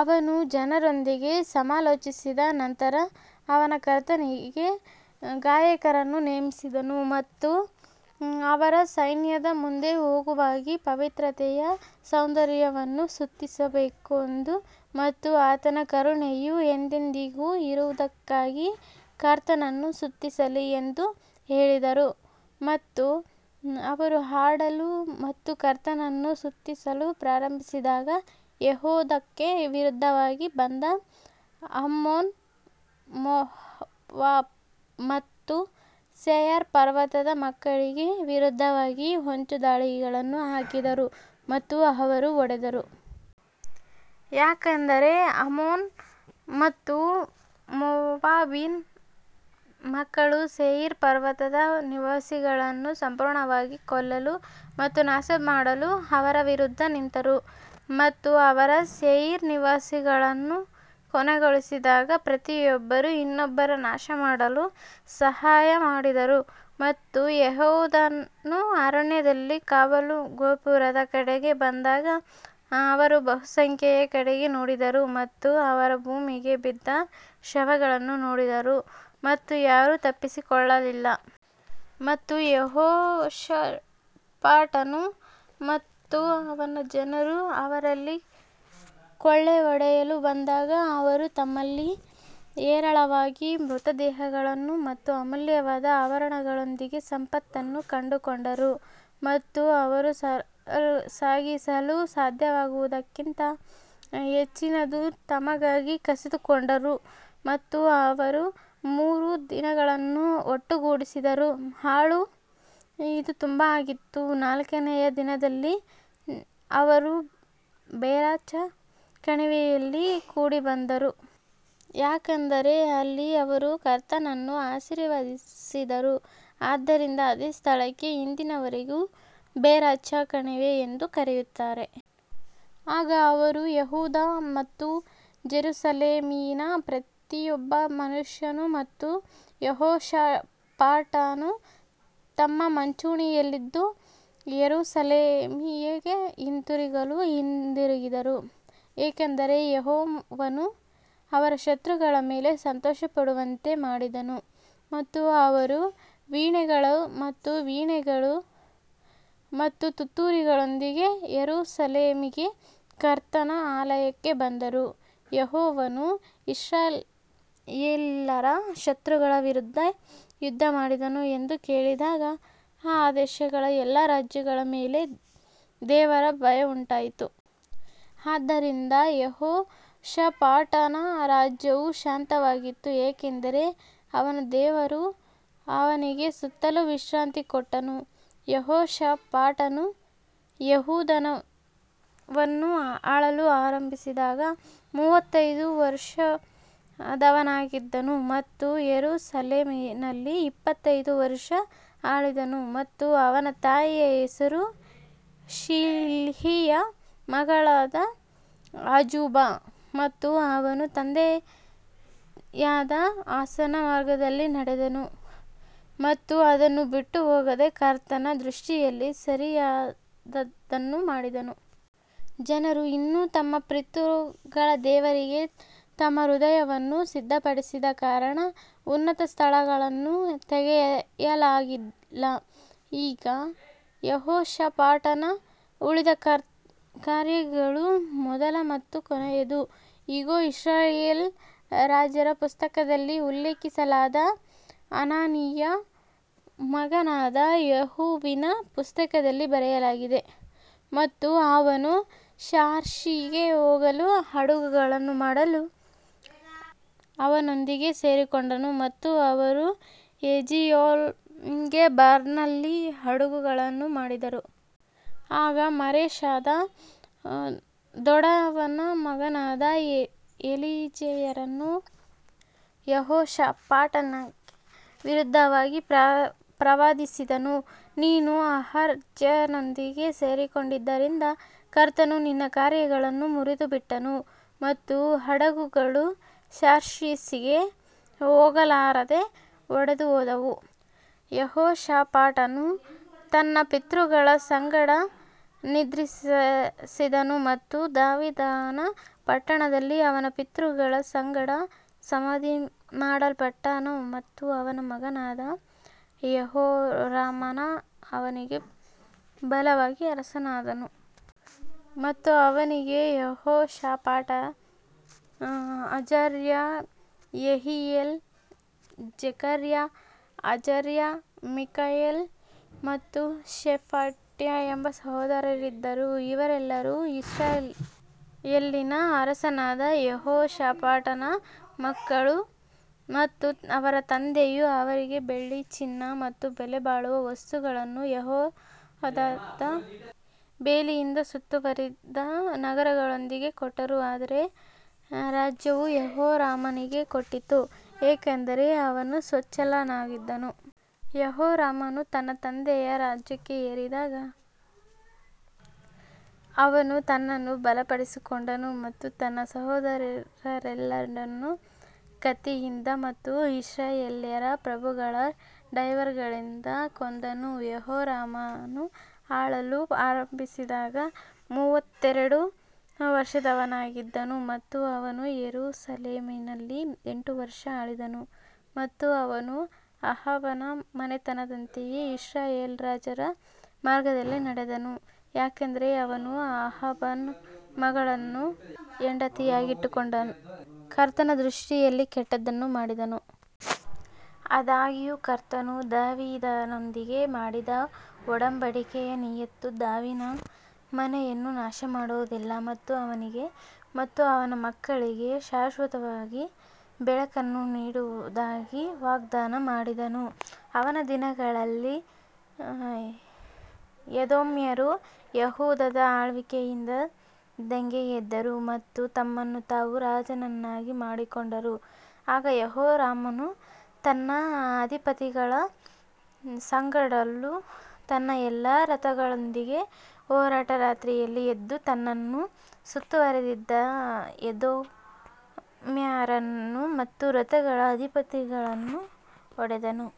ಅವನು ಜನರೊಂದಿಗೆ ಸಮಾಲೋಚಿಸಿದ ನಂತರ ಅವನು ಕರ್ತನಿಗೆ ಗಾಯಕರನ್ನು ನೇಮಿಸಿದನು ಮತ್ತು ಅವರು ಸೈನ್ಯದ ಮುಂದೆ ಹೋಗುವಾಗ ಪವಿತ್ರತೆಯ ಸೌಂದರ್ಯವನ್ನು ಸ್ತುತಿಸಬೇಕೆಂದು ಮತ್ತು ಆತನ ಕರುಣೆಯು ಎಂದೆಂದಿಗೂ ಇರುವದಕ್ಕಾಗಿ ಕರ್ತನನ್ನು ಸ್ತುತಿಸಲಿ ಎಂದು ಹೇಳಿದರು. ಮತ್ತು ಅವರು ಹಾಡಲು ಮತ್ತು ಕರ್ತನನ್ನು ಸ್ತುತಿಸಲು ಪ್ರಾರಂಭಿಸಿದಾಗ ಯೆಹೂದಕ್ಕೆ ವಿರುದ್ಧವಾಗಿ ಬಂದ ಅಮ್ಮೋನ್ ಮೋವಾಬ್ ಮತ್ತು ಸೇಯರ್ ಪರ್ವತದ ಮಕ್ಕಳಿಗೆ ವಿರುದ್ಧವಾಗಿ ಹೊಂಚುದಾಳಿಗಳನ್ನು ಹಾಕಿದರು ಮತ್ತು ಅವರು ಹೊಡೆದರು. ಯಾಕಂದರೆ ಅಮ್ಮೋನ್ ಮತ್ತು ಮೋವಾಬಿನ ಮಕ್ಕಳು ಸೇಯಿರ್ ಪರ್ವತದ ನಿವಾಸಿಗಳನ್ನು ಸಂಪೂರ್ಣವಾಗಿ ಕೊಲ್ಲಲು ಮತ್ತು ನಾಶಮಾಡಲು ಅವರ ವಿರುದ್ಧ ನಿಂತರು ಮತ್ತು ಅವರು ಸೇಯಿರ್ ನಿವಾಸಿಗಳನ್ನು ಕೊನೆಗೊಳಿಸಿದಾಗ ಪ್ರತಿಯೊಬ್ಬರೂ ಇನ್ನೊಬ್ಬರನ್ನು ನಾಶಮಾಡಲು ಸಹಾಯ ಮಾಡಿದರು. ಮತ್ತು ಯೆಹೂದನು ಅರಣ್ಯದಲ್ಲಿ ಕಾವಲು ಗೋಪುರದ ಕಡೆಗೆ ಬಂದಾಗ ಅವರು ಬಹುಸಂಖ್ಯೆಯ ಕಡೆಗೆ ನೋಡಿದರು ಮತ್ತು ಅವರು ಭೂಮಿಗೆ ಬಿದ್ದ ಶವಗಳನ್ನು ನೋಡಿದರು ಮತ್ತು ಯಾರೂ ತಪ್ಪಿಸಿಕೊಳ್ಳಲಿಲ್ಲ. ಮತ್ತು ಯೆಹೋಷಾಫಾಟನು ಮತ್ತು ಅವನ ಜನರು ಅವರಲ್ಲಿ ಕೊಳ್ಳೆಹೊಡೆಯಲು ಬಂದಾಗ ಅವರು ತಮ್ಮಲ್ಲಿ ಹೇರಳವಾಗಿ ಮೃತದೇಹಗಳು ಮತ್ತು ಅಮೂಲ್ಯವಾದ ಆಭರಣಗಳೊಂದಿಗೆ ಸಂಪತ್ತನ್ನು ಕಂಡುಕೊಂಡರು ಮತ್ತು ಅವರು ಸಾಗಿಸಲು ಸಾಧ್ಯವಾಗುವುದಕ್ಕಿಂತ ಹೆಚ್ಚಿನದನ್ನು ತಮಗಾಗಿ ಕಸಿದುಕೊಂಡರು ಮತ್ತು ಅವರು ಮೂರು ದಿನಗಳನ್ನು ಒಟ್ಟುಗೂಡಿಸಿದರು. ಹಾಳು ಇದು ತುಂಬಾ ಆಗಿತ್ತು ನಾಲ್ಕನೆಯ ದಿನದಲ್ಲಿ ಅವರು ಬೆರಾಚಾ ಕಣಿವೆಯಲ್ಲಿ ಕೂಡಿಬಂದರು, ಯಾಕಂದರೆ ಅಲ್ಲಿ ಅವರು ಕರ್ತನನ್ನು ಆಶೀರ್ವದಿಸಿದರು, ಆದ್ದರಿಂದ ಅದೇ ಸ್ಥಳಕ್ಕೆ ಇಂದಿನ ವರೆಗೆ ಬೆರಾಚಾ ಕಣಿವೆ ಎಂದು ಕರೆಯುತ್ತಾರೆ. ಆಗ ಅವರು ಯೆಹೂದ ಮತ್ತು ಜೆರುಸಲೇಮಿನ ಪ್ರತಿಯೊಬ್ಬ ಮನುಷ್ಯನೂ ಮತ್ತು ಯೆಹೋಷಾಫಾಟನೂ ತಮ್ಮ ಮುಂಚೂಣಿಯಲ್ಲಿದ್ದು ಯೆರೂಸಲೇಮಿಗೆ ಹಿಂತಿರುಗಲು ಹಿಂದಿರುಗಿದರು, ಏಕೆಂದರೆ ಯೆಹೋವನು ಅವರ ಶತ್ರುಗಳ ಮೇಲೆ ಸಂತೋಷಪಡುವಂತೆ ಮಾಡಿದನು. ಮತ್ತು ಅವರು ವೀಣೆಗಳು ಮತ್ತು ವೀಣೆಗಳು ಮತ್ತು ತುತ್ತೂರಿಗಳೊಂದಿಗೆ ಯೆರೂಸಲೇಮಿಗೆ ಕರ್ತನ ಆಲಯಕ್ಕೆ ಬಂದರು. ಯೆಹೋವನು ಇಸ್ರಾಯೇಲ್ಯರ ಶತ್ರುಗಳ ವಿರುದ್ಧ ಯುದ್ಧಮಾಡಿದನು ಎಂದು ಕೇಳಿದಾಗ ಆ ದೇಶಗಳ ಎಲ್ಲಾ ರಾಜ್ಯಗಳ ಮೇಲೆ ದೇವರ ಭಯವುಂಟಾಯಿತು. ಆದ್ದರಿಂದ ಯೆಹೋಷಾಫಾಟನ ರಾಜ್ಯವು ಶಾಂತವಾಗಿತ್ತು, ಏಕೆಂದರೆ ಅವನ ದೇವರು ಅವನಿಗೆ ಸುತ್ತಲೂ ವಿಶ್ರಾಂತಿ ಕೊಟ್ಟನು ಯೆಹೋಷಾಫಾಟನು ಯೆಹೂದವನ್ನು ಆಳಲು ಆರಂಭಿಸಿದಾಗ ಮೂವತ್ತೈದು ವರುಷದವನಾಗಿದ್ದನು ಮತ್ತು ಯೆರೂಸಲೇಮಿನಲ್ಲಿ ಇಪ್ಪತ್ತೈದು ವರುಷ ಆಳಿದನು ಮತ್ತು ಅವನ ತಾಯಿಯ ಹೆಸರು ಶಿಲ್ಹಿಯ ಮಗಳಾದ ಅಜೂಬಾ. ಮತ್ತು ಅವನು ತನ್ನ ತಂದೆಯಾದ ಆಸನ ಮಾರ್ಗದಲ್ಲಿ ನಡೆದನು ಮತ್ತು ಅದನ್ನು ಬಿಟ್ಟು ಹೋಗದೆ ಕರ್ತನ ದೃಷ್ಟಿಯಲ್ಲಿ ಸರಿಯಾದದ್ದನ್ನು ಮಾಡಿದನು. ಜನರು ಇನ್ನೂ ತಮ್ಮ ಪಿತೃಗಳ ದೇವರಿಗೆ ತಮ್ಮ ಹೃದಯವನ್ನು ಸಿದ್ಧಪಡಿಸದ ಕಾರಣ ಉನ್ನತ ಸ್ಥಳಗಳನ್ನು ತೆಗೆಯಲಾಗಿಲ್ಲ. ಈಗ ಯೆಹೋಷಾಫಾಟನ ಉಳಿದ ಕಾರ್ಯಗಳು ಮೊದಲ ಮತ್ತು ಕೊನೆಯದು ಇಗೋ, ಇಸ್ರಾಯೇಲ್ ರಾಜರ ಪುಸ್ತಕದಲ್ಲಿ ಉಲ್ಲೇಖಿಸಲಾದ ಹನಾನಿಯ ಮಗನಾದ ಯೇಹುವಿನ ಪುಸ್ತಕದಲ್ಲಿ ಬರೆಯಲಾಗಿದೆ. ಮತ್ತು ಅವನು ತಾರ್ಷಿಷಿಗೆ ಹೋಗಲು ಹಡಗುಗಳನ್ನು ಮಾಡಲು ಅವನೊಂದಿಗೆ ಸೇರಿಕೊಂಡನು ಮತ್ತು ಅವರು ಎಜಿಯೋಂಗೆಬರ್ನಲ್ಲಿ ಹಡಗುಗಳನ್ನು ಮಾಡಿದರು. ಆಗ ಮಾರೇಷಾದ ದೋಡವನ ಮಗನಾದ ಎಲೀಯೇಜರನು ಯೆಹೋಷಾಫಾಟನಿಗೆ ವಿರುದ್ಧವಾಗಿ ಪ್ರವಾದಿಸಿದನು, ನೀನು ಅಹಜ್ಯನೊಂದಿಗೆ ಸೇರಿಕೊಂಡಿದ್ದರಿಂದ ಕರ್ತನು ನಿನ್ನ ಕಾರ್ಯಗಳನ್ನು ಮುರಿದುಬಿಟ್ಟನು ಮತ್ತು ಹಡಗುಗಳು ತಾರ್ಷೀಷಿಗೆ ಹೋಗಲಾರದೆ ಒಡೆದುಹೋದವು. ಯೆಹೋಷಾಫಾಟನು ತನ್ನ ಪಿತೃಗಳ ಸಂಗಡ ನಿದ್ರಿಸಿದನು ಮತ್ತು ದಾವೀದನ ಪಟ್ಟಣದಲ್ಲಿ ಅವನ ಪಿತೃಗಳ ಸಂಗಡ ಸಮಾಧಿಮಾಡಲ್ಪಟ್ಟನು ಮತ್ತು ಅವನ ಮಗನಾದ ಯೆಹೋರಾಮನು ಅವನಿಗೆ ಬದಲಾಗಿ ಅರಸನಾದನು. ಮತ್ತು ಅವನಿಗೆ ಯೆಹೋಷಾಫಾಟ ಅಜರ್ಯ, ಯೆಹಿಯೇಲ್, ಜೆಕರ್ಯ, ಅಜರ್ಯ, ಮಿಕಾಯೇಲ್ ಮತ್ತು ಶೆಫಟ್ಯ ಎಂಬ ಸಹೋದರರಿದ್ದರು, ಇವರೆಲ್ಲರೂ ಇಸ್ರಾಯೇಲಿನ ಅರಸನಾದ ಯೆಹೋಷಾಫಾಟನ ಮಕ್ಕಳು. ಮತ್ತು ಅವರ ತಂದೆಯು ಅವರಿಗೆ ಬೆಳ್ಳಿ, ಚಿನ್ನ ಮತ್ತು ಬೆಲೆಬಾಳುವ ವಸ್ತುಗಳನ್ನು ಯೆಹೂದದ ಬೇಲಿಯಿಂದ ಸುತ್ತುವರಿದ ನಗರಗಳೊಂದಿಗೆ ಕೊಟ್ಟರು ಆದರೆ ರಾಜ್ಯವು ಯೆಹೋರಾಮನಿಗೆ ಕೊಟ್ಟಿತು ಏಕೆಂದರೆ ಅವನು ಚೊಚ್ಚಲನಾಗಿದ್ದನು. ಯೆಹೋರಾಮನು ತನ್ನ ತಂದೆಯ ರಾಜ್ಯಕ್ಕೆ ಏರಿದಾಗ ಅವನು ತನ್ನನ್ನು ಬಲಪಡಿಸಿಕೊಂಡನು ಮತ್ತು ತನ್ನ ಸಹೋದರರೆಲ್ಲರನ್ನು ಕತ್ತಿಯಿಂದ ಮತ್ತು ಇಸ್ರಾಯೇಲ್ಯರ ಪ್ರಭುಗಳ ಡೈವರ್ಗಳಿಂದ ಕೊಂದನು. ಯೆಹೋರಾಮನು ಆಳಲು ಆರಂಭಿಸಿದಾಗ ಮೂವತ್ತೆರಡು ವರ್ಷದವನಾಗಿದ್ದನು ಮತ್ತು ಅವನು ಯೆರೂಸಲೇಮಿನಲ್ಲಿ ಎಂಟು ವರ್ಷ ಆಳಿದನು. ಮತ್ತು ಅವನು ಅಹಾಬನ ಮನೆತನದಂತೆಯೇ ಇಸ್ರಾಯೇಲ್ ರಾಜರ ಮಾರ್ಗದಲ್ಲಿ ನಡೆದನು, ಯಾಕಂದರೆ ಅವನು ಅಹಾಬನ ಮಗಳನ್ನು ಹೆಂಡತಿಯಾಗಿಟ್ಟುಕೊಂಡು ಕರ್ತನ ದೃಷ್ಟಿಯಲ್ಲಿ ಕೆಟ್ಟದ್ದನ್ನು ಮಾಡಿದನು. ಆದಾಗ್ಯೂ ಕರ್ತನು ದಾವೀದನೊಂದಿಗೆ ಮಾಡಿದ ಒಡಂಬಡಿಕೆಯ ನಿಮಿತ್ತ ದಾವೀದನ ಮನೆಯನ್ನು ನಾಶಮಾಡುವುದಿಲ್ಲ ಮತ್ತು ಅವನಿಗೆ ಮತ್ತು ಅವನ ಮಕ್ಕಳಿಗೆ ಶಾಶ್ವತವಾಗಿ ಬೆಳಕನ್ನು ನೀಡುವುದಾಗಿ ವಾಗ್ದಾನ ಮಾಡಿದನು. ಅವನ ದಿನಗಳಲ್ಲಿ ಎದೋಮ್ಯರು ಯೆಹೂದದ ಆಳ್ವಿಕೆಯಿಂದ ದಂಗೆ ಎದ್ದರು ಮತ್ತು ತಮ್ಮನ್ನು ತಾವು ರಾಜನನ್ನಾಗಿ ಮಾಡಿಕೊಂಡರು ಆಗ ಯೆಹೋರಾಮನು ತನ್ನ ಅಧಿಪತಿಗಳ ಸಂಗಡಲೂ ತನ್ನ ಎಲ್ಲಾ ರಥಗಳೊಂದಿಗೆ ಹೊರಟು ರಾತ್ರಿಯಲ್ಲಿ ಎದ್ದು ತನ್ನನ್ನು ಸುತ್ತುವರಿದಿದ್ದ ಎದೋಮ್ಯರನ್ನು ಮತ್ತು ರಥಗಳ ಅಧಿಪತಿಗಳನ್ನು ಹೊಡೆದನು.